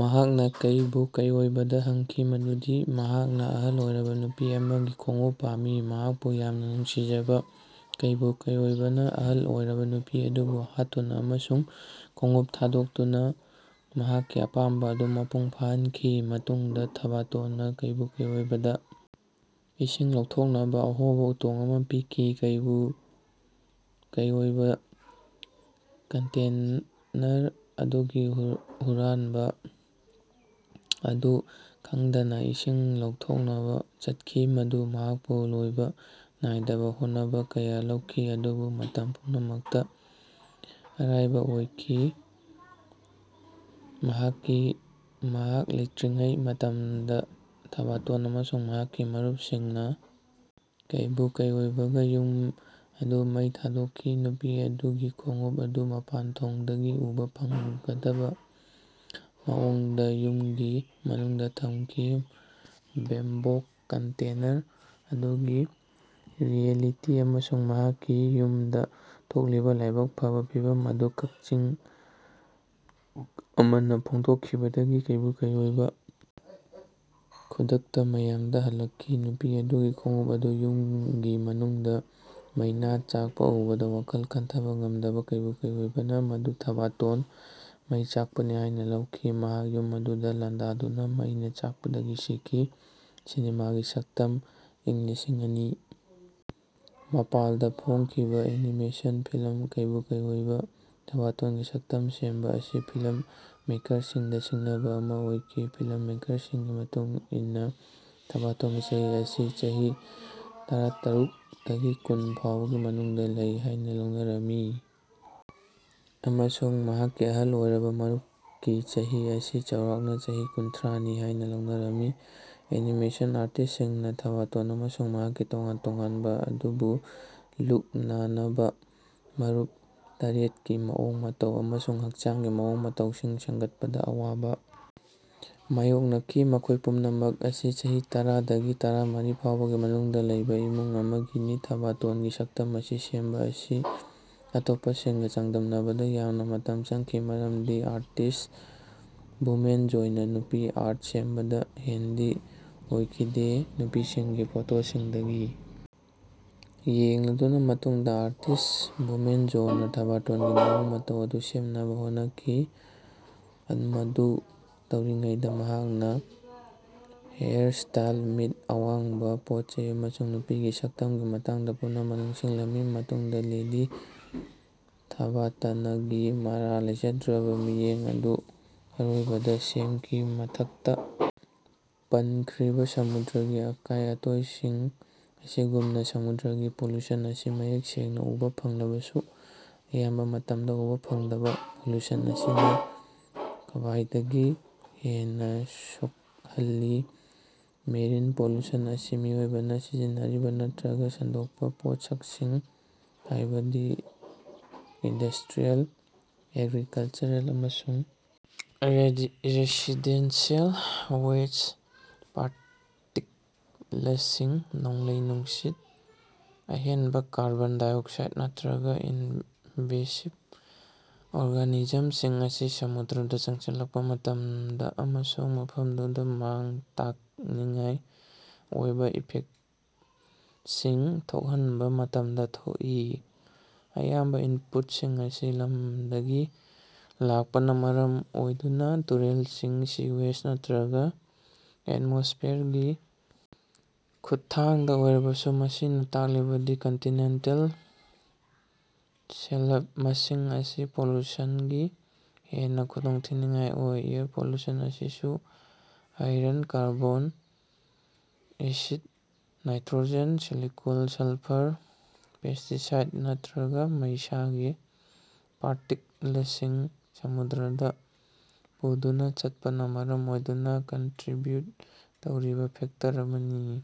ꯃꯍꯥꯛꯅ ꯀꯩꯕꯨ ꯀꯩꯑꯣꯏꯕꯥꯗ ꯍꯪꯈꯤ ꯃꯗꯨꯗꯤ ꯃꯍꯥꯛꯅꯥ ꯑꯍꯜ ꯑꯣꯏꯔꯕ ꯅꯨꯄꯤ ꯑꯃꯒꯤ ꯈꯣꯡꯎꯞ ꯄꯥꯝꯃꯤ꯫ ꯃꯍꯥꯛꯄꯨ ꯌꯥꯝꯅ ꯅꯨꯡꯁꯤꯖꯕ ꯀꯦꯏꯕꯨ ꯀꯦꯏꯑꯣꯏꯕꯥꯅ ꯑꯍꯜ ꯑꯣꯏꯔꯕ ꯅꯨꯄꯤ ꯑꯗꯨꯕꯨ ꯍꯥꯠꯇꯨꯅ ꯑꯃꯁꯨꯡ ꯈꯣꯡꯎꯞ ꯊꯥꯗꯣꯛꯇꯨꯅꯥ ꯃꯍꯥꯛꯀꯤ ꯑꯄꯥꯝꯕꯥ ꯑꯗꯨ ꯃꯄꯨꯡ ꯐꯥꯍꯟꯈꯤ꯫ ꯃꯇꯨꯡꯗ ꯊꯥꯕꯇꯣꯟꯅ ꯀꯩꯕꯨ ꯀꯩꯑꯣꯏꯕꯥꯗ ꯏꯁꯤꯡ ꯂꯧꯊꯣꯛꯅꯕ ꯑꯍꯣꯕꯥ ꯎꯇꯣꯡ ꯑꯃꯥ ꯄꯤꯈꯤ꯫ ꯀꯩꯕꯨ ꯀꯩꯑꯣꯏꯕꯥ, ꯀꯟꯇꯦꯟꯔ ꯑꯗꯨꯒꯤ ꯍꯨ ꯍꯨꯔꯥꯟꯕ ꯑꯗꯨ ꯈꯉꯗꯅ ꯏꯁꯤꯡ ꯂꯧꯊꯣꯛꯅꯕꯥ ꯆꯠꯈꯤ, ꯃꯗꯨ ꯃꯍꯥꯛꯄꯨ ꯂꯣꯏꯕ ꯅꯥꯏꯗꯕ ꯍꯣꯠꯅꯕ ꯀꯌꯥ ꯂꯧꯈꯤ ꯑꯗꯨꯕꯨ ꯃꯇꯝ ꯄꯨꯝꯅꯃꯛꯇꯥ ꯑꯔꯥꯏꯕ ꯑꯣꯏꯈꯤ꯫ ꯃꯍꯥꯛꯀꯤ ꯃꯍꯥꯛ ꯂꯩꯇꯔꯤꯉꯩ ꯃꯇꯃꯗ ꯊꯥꯕꯥꯇꯣꯟ ꯑꯃꯁꯨꯡ ꯃꯍꯥꯛꯀꯤ ꯃꯔꯨꯄꯁꯤꯡꯅꯥ ꯀꯩꯕꯨ ꯀꯩꯑꯣꯏꯕꯥꯒ ꯌꯨꯝ ꯑꯗꯨ ꯃꯩ ꯊꯥꯗꯣꯛꯈꯤ, ꯅꯨꯄꯤ ꯑꯗꯨꯒꯤ ꯈꯣꯡꯎꯞ ꯑꯗꯨ ꯃꯄꯥꯟꯊꯣꯡꯗꯒꯤ ꯎꯕꯥ ꯐꯪꯒꯗꯕ꫰ꯃꯑꯣꯡꯗꯥ ꯌꯨꯃꯒꯤ ꯃꯅꯨꯡꯗꯥ ꯊꯃꯈꯤ꯫ ꯕꯦꯝꯕꯣꯛ ꯀꯟꯇꯦꯅꯔ ꯑꯗꯨꯒꯤ ꯔꯤꯑꯦꯂꯤꯇꯤ ꯑꯃꯁꯨꯡ ꯃꯍꯥꯛꯀꯤ ꯌꯨꯃꯗꯥ ꯊꯣꯛꯂꯤꯕꯥ ꯂꯥꯏꯕꯛ ꯐꯕꯥ ꯐꯤꯚꯝ ꯑꯗꯨ ꯀꯛꯆꯤꯡ ꯑꯃꯅꯥ ꯐꯣꯡꯗꯣꯛꯈꯤꯕꯗꯒꯤ ꯀꯩꯕꯨ ꯀꯩꯑꯣꯏꯕꯥ ꯈꯨꯗꯛꯇꯥ ꯃꯌꯝꯗꯥ ꯍꯜꯂꯛꯈꯤ꯫ ꯅꯨꯄꯤ ꯑꯗꯨꯒꯤ ꯈꯣꯡꯎꯞ ꯑꯗꯨ ꯌꯨꯃꯒꯤ ꯃꯅꯨꯡꯗꯥ ꯃꯩꯅꯥ ꯆꯥꯛꯄꯥ ꯎꯕꯗ ꯋꯥꯈꯜ ꯈꯟꯊꯕ ꯉꯝꯗꯕ ꯀꯩꯕꯨ ꯀꯩꯑꯣꯏꯕꯥꯅ꫰ꯃꯗꯨ ꯊꯥꯕꯥꯇꯣꯟ ꯃꯩ ꯆꯥꯛꯄꯅꯤ ꯍꯥꯏꯅꯥ ꯂꯧꯈꯤ꯫ ꯃꯍꯥꯛ ꯌꯨꯝ ꯑꯗꯨꯗꯥ ꯂꯥꯟꯗꯥꯗꯨꯅ ꯃꯩꯅꯥ ꯆꯥꯛꯄꯗꯒꯤ ꯁꯤꯈꯤ꯫ ꯁꯤꯅꯦꯃꯥꯒꯤ ꯁꯛꯇꯝ ꯏꯪ ꯂꯤꯁꯤꯡ ꯑꯅꯤ ꯃꯄꯥꯜ ꯗꯥ ꯐꯣꯡꯈꯤꯕꯥ ꯑꯦꯅꯤꯃꯦꯁꯟ ꯐꯤꯜꯝ ꯀꯩꯕꯨ ꯀꯩꯑꯣꯏꯕꯥ, ꯊꯥꯕꯥꯇꯣꯟꯒꯤ ꯁꯛꯇꯝ ꯁꯦꯝꯕꯥ ꯑꯁꯤ ꯐꯤꯂꯝ ꯃꯦꯀꯔꯁꯤꯡꯗꯥ ꯁꯤꯡꯅꯕ ꯑꯃ ꯑꯣꯏꯈꯤ꯫ ꯐꯤꯂꯝ ꯃꯦꯀꯔꯁꯤꯡꯒꯤ ꯃꯇꯨꯡ ꯏꯟꯅꯥ ꯊꯥꯕꯇꯣꯟꯒꯤ ꯆꯍꯤ ꯑꯁꯤ ꯆꯍꯤ ꯇꯔꯇꯥꯔꯨꯛ ꯇꯒꯤ ꯀꯨꯟ ꯐꯥꯎꯕꯒꯤ ꯃꯅꯨꯡꯗꯥ ꯂꯩ ꯍꯥꯌꯅꯥ ꯂꯧꯅꯔꯝꯃꯤ꯫ ꯑꯃꯁꯨꯡ ꯃꯍꯥꯛꯀꯤ ꯑꯍꯜ ꯑꯣꯏꯔꯕꯥ ꯃꯔꯨꯞꯀꯤ ꯆꯍꯤ ꯑꯁꯤ ꯆꯥꯎꯔꯥꯛꯅꯥ ꯆꯍꯤ ꯀꯨꯟꯊꯔꯥ ꯅꯤ ꯍꯥꯏꯅꯥ ꯂꯧꯅꯔꯝꯃꯤ꯫ ꯑꯦꯅꯤꯃꯦꯁꯟ ꯑꯥꯔꯇꯤꯁꯇꯁꯤꯡꯅꯥ ꯊꯥꯕꯇꯣꯟ ꯑꯃꯁꯨꯡ ꯃꯍꯥꯛꯀꯤ ꯇꯣꯉꯥꯟ ꯇꯣꯉꯥꯟꯕꯥ ꯑꯗꯨꯕꯨ ꯂꯨꯛ-ꯅꯥꯅꯕꯥ ꯃꯔꯨꯞ ꯇꯔꯦꯠ ꯀꯤ ꯃꯑꯣꯡ ꯃꯇꯧ ꯑꯃꯁꯨꯡ ꯍꯛꯆꯥꯡꯒꯤ ꯃꯑꯣꯡ ꯃꯇꯧꯁꯤꯡ ꯁꯦꯃꯒꯠꯄꯗꯥ ꯑꯋꯥꯕꯥ ꯃꯥꯌꯣꯛꯅꯈꯤ, ꯃꯈꯣꯏ ꯄꯨꯝꯅꯃꯛ ꯑꯁꯤ ꯆꯍꯤ ꯇꯔꯥ ꯗꯒꯤ ꯇꯔꯥꯃꯔꯤ ꯐꯥꯎꯕꯒꯤ ꯃꯅꯨꯡꯗꯥ ꯂꯩꯕꯥ ꯏꯃꯨꯡ ꯑꯃꯒꯤꯅꯤ꯫ ꯊꯥꯕꯇꯣꯟꯒꯤ ꯁꯛꯇꯝ ꯑꯁꯤ ꯁꯦꯝꯕꯥ ꯑꯁꯤ ꯑꯇꯣꯞꯄꯁꯤꯡꯒꯥ ꯆꯥꯡꯗꯝꯅꯕꯗꯥ ꯌꯥꯝꯅꯥ ꯃꯇꯝ ꯆꯪꯈꯤ꯫ ꯃꯔꯝꯗꯤ ꯑꯥꯔꯇꯤꯁꯠ ꯚꯨꯃꯦꯟꯖꯣꯏꯅꯥ ꯅꯨꯄꯤ ꯑꯥꯔꯠ ꯁꯦꯝꯕꯗꯥ ꯍꯦꯟꯗꯤ ꯑꯣꯏꯈꯤꯗꯦ꯫ ꯅꯨꯄꯤꯁꯤꯡꯒꯤ ꯐꯣꯇꯣꯁꯤꯡꯗꯒꯤ ꯌꯦꯡꯂꯗꯨꯅꯥ ꯃꯇꯨꯡꯗꯥ ꯑꯥꯔꯇꯤꯁꯠ ꯚꯨꯃꯦꯟꯖꯣꯌꯅꯥ ꯊꯥꯕꯇꯣꯟꯒꯤ ꯃꯑꯣꯡ ꯃꯇꯧ ꯑꯗꯨ ꯁꯦꯝꯅꯕꯥ ꯍꯣꯠꯅꯈꯤ꯫ ꯃꯗꯨ ꯇꯧꯔꯤꯉꯩꯗꯥ ꯃꯍꯥꯛꯅꯥ ꯍꯦꯌꯥꯔꯁ꯭ꯇꯥꯏꯜ, ꯃꯤꯠ, ꯑꯋꯥꯡꯕꯥ, ꯄꯣꯠꯆꯩ ꯑꯃꯁꯨꯡ ꯅꯨꯄꯤꯒꯤ ꯁꯛꯇꯝꯒꯤ ꯃꯇꯥꯡꯗꯥ ꯄꯨꯝꯅꯃꯛ ꯅꯤꯡꯁꯤꯡꯂꯝꯃꯤ꯫ ꯃꯇꯨꯡꯗꯥ ꯂꯦꯗꯤ ꯊꯥꯕꯇꯅꯒꯤ ꯃꯔꯥꯜ ꯂꯩꯖꯗ꯭ꯔꯕꯥ ꯃꯤꯠꯌꯦꯡ ꯑꯗꯨ ꯑꯔꯣꯏꯕꯗꯥ ꯁꯦꯃꯈꯤ꯫ ꯃꯊꯛꯇꯥ ꯄꯟꯈ꯭ꯔꯤꯕꯥ ꯁꯃꯨꯗ꯭ꯔꯒꯤ ꯑꯀꯥꯏ ꯑꯇꯣꯏꯁꯤꯡ ꯑꯁꯤꯒꯨꯝꯅꯥ ꯁꯃꯨꯗ꯭ꯔꯒꯤ ꯄꯣꯂꯨꯁꯟ ꯑꯁꯤ ꯃꯌꯦꯛ ꯁꯦꯡꯅꯥ ꯎꯕꯥ ꯐꯪꯂꯕꯁꯨ, ꯑꯌꯥꯝꯕꯥ ꯃꯇꯝꯗꯥ ꯎꯕꯥ ꯐꯪꯗꯕꯥ ꯄꯣꯂꯨꯁꯟ ꯑꯁꯤꯅꯥ ꯈꯕꯥꯏꯗꯒꯤ ꯍꯦꯟꯅꯥ ꯁꯣꯀꯍꯜꯂꯤ꯫ ꯃꯦꯔꯤꯟ ꯄꯣꯂꯨꯁꯟ ꯑꯁꯤ ꯃꯤꯑꯣꯏꯕꯅꯥ ꯁꯤꯖꯤꯟꯅꯔꯤꯕꯥ ꯅꯠꯇ꯭ꯔꯒꯥ ꯁꯟꯗꯣꯛꯄꯥ ꯄꯣꯠꯁꯛꯁꯤꯡ, ꯍꯥꯌꯕꯗꯤ ꯏꯟꯗꯁꯇ꯭ꯔꯤꯑꯦꯜ, ꯑꯦꯒ꯭ꯔꯤꯀꯂꯆꯔꯦꯜ ꯑꯃꯁꯨꯡ ꯔꯦꯖꯤ ꯔꯦꯁꯤꯗꯦꯟꯁꯤꯑꯦꯜ ꯋꯦꯁꯠ, ꯄꯥꯔꯇꯤꯀꯂꯁꯤꯡ, ꯅꯣꯡꯂꯩ-ꯅꯨꯡꯁꯤꯠ, ꯑꯍꯦꯟꯕꯥ ꯀꯥꯔꯕꯣꯟ ꯗꯥꯏꯑꯣꯛꯁꯥꯏꯗ ꯅꯠꯇ꯭ꯔꯒ ꯏꯟꯚꯦꯁꯤꯚ ꯑꯣꯔꯒꯥꯅꯤꯖꯃꯁꯤꯡ ꯑꯁꯤ ꯁꯃꯨꯗ꯭ꯔꯗꯥ ꯆꯪꯁꯤꯜꯂꯛꯄꯥ ꯃꯇꯝꯗꯥ ꯑꯃꯁꯨꯡ ꯃꯐꯝꯗꯨꯗꯥ ꯃꯥꯡ-ꯇꯥꯛꯅꯤꯡꯉꯥꯏ ꯑꯣꯏꯕꯥ ꯏꯐꯦꯛꯇꯁꯤꯡ ꯊꯣꯛꯍꯟꯕꯥ ꯃꯇꯝꯗꯥ ꯊꯣꯛꯏ꯫ ꯑꯌꯥꯝꯕ ꯏꯟꯄꯨꯠꯁꯤꯡ ꯑꯁꯤ ꯂꯝꯗꯒꯤ ꯂꯥꯛꯄꯅꯥ ꯃꯔꯝ ꯑꯣꯏꯗꯨꯅꯥ, ꯇꯨꯔꯦꯜꯁꯤꯡ, ꯁꯤꯋꯦꯖ ꯅꯠꯇ꯭ꯔꯒ ꯑꯦꯇꯃꯣꯁꯐꯤꯌꯔꯒꯤ ꯈꯨꯠꯊꯥꯡꯗ ꯑꯣꯏꯔꯕꯁꯨ, ꯃꯁꯤꯅꯥ ꯇꯥꯛꯂꯤꯕꯗꯤ ꯀꯟꯇꯤꯅꯦꯟꯇꯜ ꯁꯦꯂꯐꯃꯁꯤꯡ ꯑꯁꯤ ꯄꯣꯂꯨꯁꯟꯒꯤ ꯍꯦꯟꯅꯥ ꯈꯨꯗꯣꯡꯊꯤꯅꯤꯡꯉꯥꯏ ꯑꯣꯏ꯫ ꯑꯦꯌꯔ ꯄꯣꯂꯨꯁꯟ ꯑꯁꯤꯁꯨ iron, carbon acid, nitrogen, silicon, sulphur, pesticide ꯅꯠꯇ꯭ꯔꯒ꫰ꯃꯩꯁꯥꯒꯤ ꯄꯥꯔꯇꯤꯛꯂꯁꯤꯡ ꯁꯃꯨꯗ꯭ꯔꯗꯥ ꯄꯨꯗꯨꯅꯥ ꯆꯠꯄꯅꯥ ꯃꯔꯝ ꯑꯣꯏꯗꯨꯅꯥ ꯀꯟꯇ꯭ꯔꯤꯕ꯭ꯌꯨꯠ ꯇꯧꯔꯤꯕꯥ ꯐꯦꯛꯇꯔ ꯑꯃꯅꯤ꯫